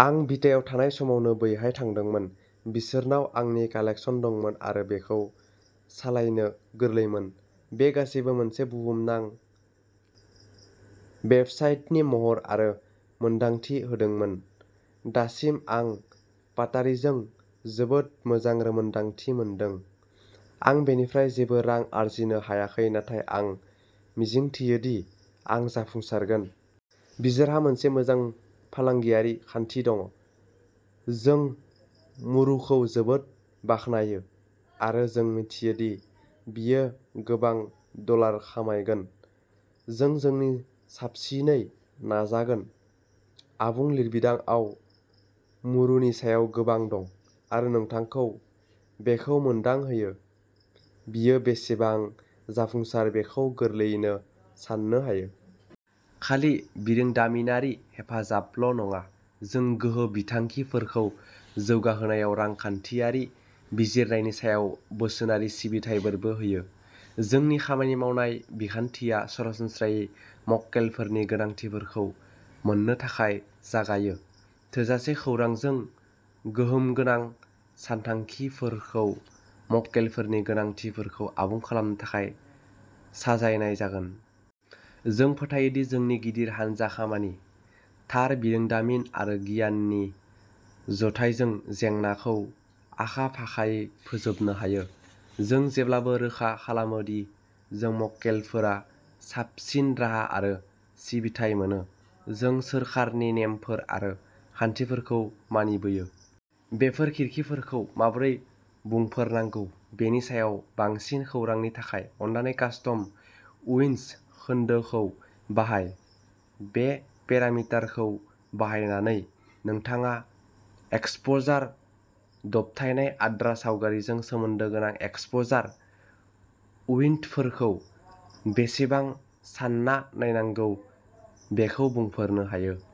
आं बिटायाव थानाय समावनो बैहाय थांदोंमोन। बिसोरनाव आंनि कालेक्सन दंमोन आरो बेखौ सालायनो गोरलैमोन। बे गासैबो मोनसे बुहुमनां वेबसाइटनि महर आरो मोनदांथि होदोंमोन। दासिम आं पातारिजों जोबोद मोजां रोंमोनदांथि मोनदों। आं बेनिफ्राय जेबो रां आर्जिनो हायाखै नाथाय आं मिजिंथियो दि आं जाफुंसारगोन। बिसोरहा मोनसे मोजां फालांगियारि खान्थि दङ। जों मुरुखौ जोबोद बाख्नायो, आरो जों मिजिंथियो दि बियो गोबां डलार खामायगोन। जों जोंनि साबसिनै नाजागोन। आबुं लिरबिदांआव मुरुनि सायाव गोबां दं, आरो नोंथांखौ बेखौ मोनदांहोयो। बियो बेसेबां जाफुंसार बेखौ गोरलैयैनो साननो हायो। खालि बिरोंदामिनारि हेफाजाबल'नङा, जों गोहो बिथांखिफोरखौ जौगाहोनायाव रांखान्थियारि बिजिरनायनि सायाव बोसोनारि सिबिथाइफोरबो होयो। जोंनि खामानि मावनाय बिखान्थिया सरासनस्रायै मक्केलफोरनि गोनांथिफोरखौ मोन्नो थाखाय जागायो। थोजासे खौरांजों, गोहोमगोनां सानथांखिफोरखौ मक्केलफोरनि गोनांथिफोरखौ आबुं खालामनो थाखाय साजायनाय जागोन। जों फोथायो दि जोंनि गिदिर हानजा खामानि, थार बिरोंदामिन आरो गियाननि जथायजों जेंनाखौ आखा-फाखायै फोजोबनो हायो, जों जेब्लाबो रोखा खालामो दि जोंनि मक्केलफोरा साबसिन राहा आरो सिबिथाइ मोनो। जों सोरखारनि नेमफोर आरो खान्थिफोरखौ मानिबोयो।. बेफोर खिरखिफोरखौ माबोरै बुंफोरनांगौ बेनि सायाव बांसिन खौरांनि थाखाय, अन्नानै कास्टम उइन्ड'ज खोन्दोखौ बाहाय। बे पेरामिटारखौ बाहायनानै, नोंथाङा एक्सप'जार दबथायनाय-आद्रा सावगारिजों सोमोन्दो गोनां एक्सप'जार उइन्ड'फोरखौ बेसेबां सान्ना नायनांगौ बेखौ बुंफोरनो हायो।